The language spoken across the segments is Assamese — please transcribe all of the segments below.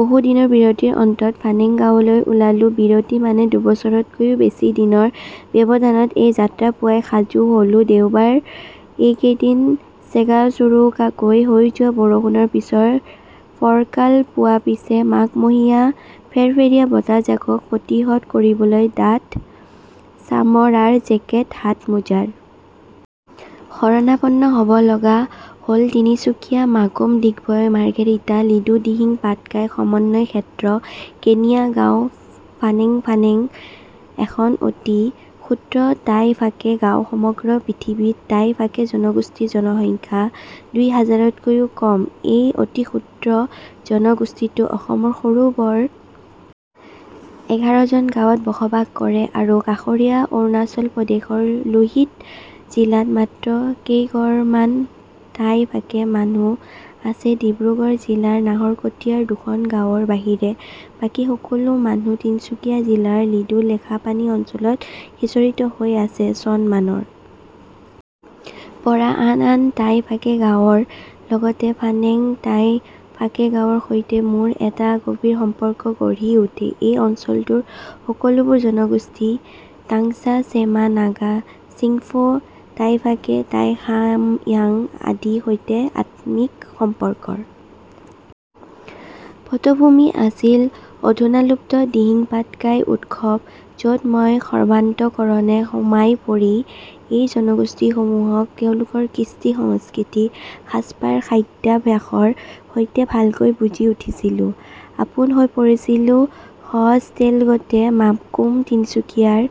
বহু দিনৰ বিৰতিৰ অন্তত ফানেং গাৱঁলৈ ওলালোবিৰতি মানে দুবছৰতকৈও বেছি দিনৰ ব্যৱধানত এই যাত্ৰাপুৱাই সাজু হলোদেওবাৰ এইকেইদিন চেগাচোৰোকাকৈ হৈ যোৱা বৰষুণৰ পিছৰ ফৰকাল পুৱাপিচে মাঘমহীয়া ফেৰফেৰীয়া বতাহজাকক প্ৰতিহত কৰিবলৈ ডাঠ ছামৰাৰ জেকেট হাতমোজাৰ শৰণাপন্ন হব লগা হলতিনিচুকীয়া মাকুম ডিগবৈ মাৰ্ঘেৰিটা লিডুদিহিং পাটকাই সমন্বয় ক্ষেত্ৰ কেনিয়া গাওঁ ফানেংফানেং এখন অতি ক্ষুদ্ৰ তাই ফাকে গাওঁসমগ্ৰ পৃথিৱীত তাই ফাকে জনগোষ্ঠীৰ জনসংখ্যা দুই হাজাৰতকৈও কমএই অতিক্ষুদ্ৰ জনগোষ্ঠীটো অসমৰ সৰু বৰ এঘাৰজন গাঁৱত বসবাস কৰে আৰু কাষৰীয়া অৰুণাচল প্ৰদেশৰ লোহিত জিলাত মাত্ৰ কেইঘৰমান তাই ফাকে মানুহ আছেডিব্ৰুগড় জিলাৰ নাহৰকটীয়াৰ দুখন গাৱঁৰ বাহিৰে বাকী সকলো মানুহ তিনিচুকীয়া জিলাৰ লিডুলেখাপানী অঞ্চলত সিঁচৰতি হৈ আছে চন মানৰ পৰা আন আন তাই ফাকে গাৱঁৰ লগতে ফানেং তাই ফাকেগাৱঁৰ সৈতে মোৰ এটা গভীৰ সম্পৰ্ক গঢ়ি উঠেএই অঞ্চলটোৰ সকলো বোৰ জনগোষ্ঠী তাংছা চেমা নাগা চিংফৌ তাই ফাকে তাই খাময়াং আদি সৈতে আত্মিক সম্পৰ্কৰ পটভূমি আছিল অধূনালুপ্ত দিহিংপাটকাই উৎসৱ যত মই সৰ্বান্ত:কৰণে সোমাই পৰি এই জনগোষ্ঠীসমূহকক তেওঁলোকৰ কৃষ্টি সংস্কৃতি সাজপাৰ খাদ্যাভ্যাসৰ সৈতে ভালকৈ বুজি উঠিছিলোঁ আপোন হৈ পৰিছিলো সহজতেলগতে মাকুম তিনিচুকীয়াৰ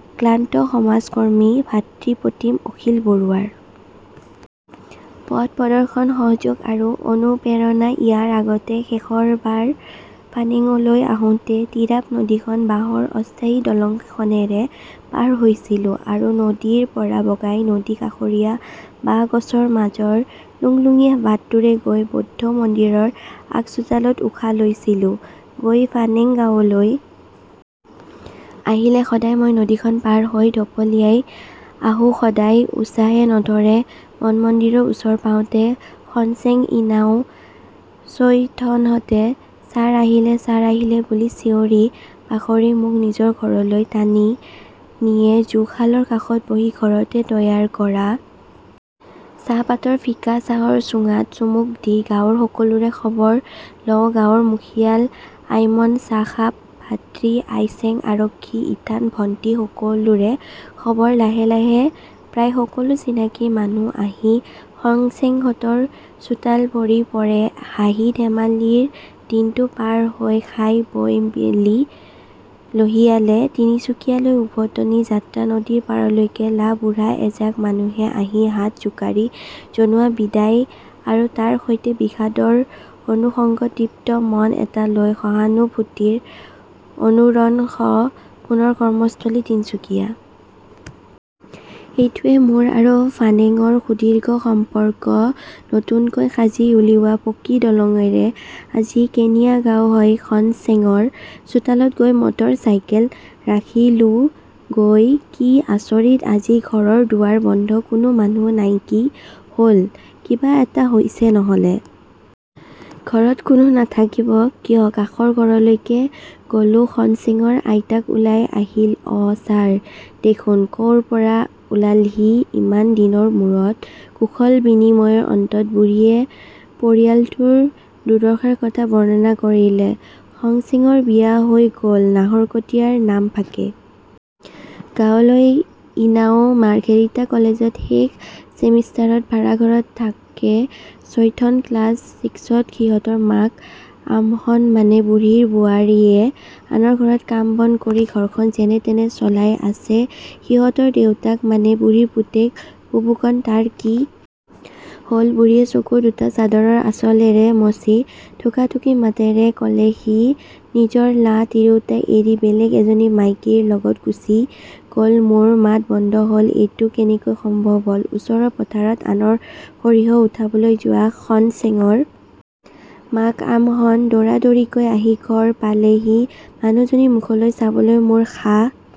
অক্লান্ত সমাজ কৰ্মী ভাতৃপ্ৰতীম অখিল বৰুৱাৰ পথ প্ৰদৰ্শন সহযোগ আৰু অনুপ্ৰেৰণাইয়াৰ আগতে শেষৰবাৰ ফানেঙলৈ আহোঁতে টিৰাপ নদীখন বাঁহৰ অস্থায়ী দলংখনেৰে পাৰ হৈছিলো আৰু নদীৰ গৰা বগাই নদী কাষৰীয়া বাঁহগছৰ মাজৰ লুংলুঙীয়া বাটটোৰে গৈ বৌদ্ধ মন্দিৰৰ আগচোতালত উশাহ লৈছিলো গৈফানেংগাৱঁলৈ আহিলে সদায় মই নদীখন পাৰ হৈ ঢপলিয়াই আহোঁসদায় উছাহে নধৰে মনমন্দিৰৰ ওচৰ পাওঁতে খনচেং ইনাও চৈথনহঁতে ছাৰ আহিলে ছাৰ আহিলে বুলি চিঞৰি বাখৰি মোক নিজৰ ঘৰলৈ টানি নিয়েজুশালৰ কাষত বহি ঘৰতে তৈয়াৰ কৰা চাহ পাতৰ ফিকা চাহৰ চুঙাত চুমুক দি গাঁৱৰ সকলোৰে খবৰ লওঁগাঁৱৰ মুখিয়াল আইমন ছাখাপ ভাতৃ আইচেং আৰক্ষী ইথান ভন্টি সকলোৰে খবৰলাহে লাহে প্ৰায় সকলো চিনাকি মানুহ আহি খনচেংহঁতৰ চোতাল ভৰি পৰেহাঁহি ধেমালিৰ দিনটো পাৰ হয়খাই বৈ বেলি লহিয়ালে তিনিচুকীয়ালৈ উভতনি যাত্ৰানদীৰ পাৰলৈকে লা বুঢ়া এজাক মানুহে আহি হাত জোকাৰি জনোৱা বিদায় আৰু তাৰ সৈতে বিষাদৰ অনুসংগতৃপ্ত মন এটা লৈ সুখানুভূতিৰ অনুৰণনসহ পুনৰ কৰ্মস্থলী তিনিচুকীয়া। এইটোৱেই মোৰ আৰু ফানেঙৰ সুদীৰ্ঘ সম্পৰ্কনতুনকৈ সাজি উলিওৱা পকী দলঙৰে আজি কেনিয়া গাওঁ হৈ খনচেঙৰ চোতালত গৈ মটৰ চাইকেল ৰাখিলোগৈকি আচৰিত আজি ঘৰৰ দুৱাৰ বন্ধ কোনো মানুহ নাইকি হল কিবা এটা হৈছে নহলে ঘৰত কোনো নাথাকিব কিয় কাষৰ ঘৰলৈকে গলোখনচেঙৰ আইতাক ওলাই আহিলঅ ছাৰ দেখোন ক পৰা ওলালহি ইমান দিনৰ মূৰত কুশল বিনিময়ৰ অন্তত বুঢ়ীয়ে পৰিয়ালটোৰ দুৰ্দশাৰ কথা বৰ্ণনা কৰিলে খনচেঙৰ বিয়া হৈ গল নাহৰকটীয়াৰ নামফাকে গাঁৱলৈইনাও মাৰ্ঘেৰিটা কলেজত শেষ ছিমেষ্টাৰত ভাৰাঘৰত থাকে চৈথন ক্লাছ ছিক্সত সিহঁতৰ মাক আমহন মানে বুঢ়ীৰ বোৱাৰীয়ে আনৰ ঘৰত কাম বন কৰি ঘৰখন যেনে তেনে চলাই আছেসিহঁতৰ দেউতাক মানে বুঢ়ীৰ পুতেক বুবুকণ তাৰ কি হল বুঢ়ীয়ে চকু দুটা চাদৰৰ আচলেৰে মচি থুকাথুকি মাতেৰে কলেসি নিজৰ লা তিৰোতা এৰি বেলেগ এজনী মাইকীৰ লগত গুচি গলমোৰ মাত বন্ধ হলএইটো কেনেকৈ সম্ভৱ হল ওচৰৰ পথাৰত আনৰ সৰিয়হ উঠাবলৈ যোৱা খনচেঙৰ মাক আমহন্ দৌৰাদৌৰিকৈ আহি ঘৰ পালেহিমানুহজনীৰ মুখলৈ চাবলৈ মোৰ সাহ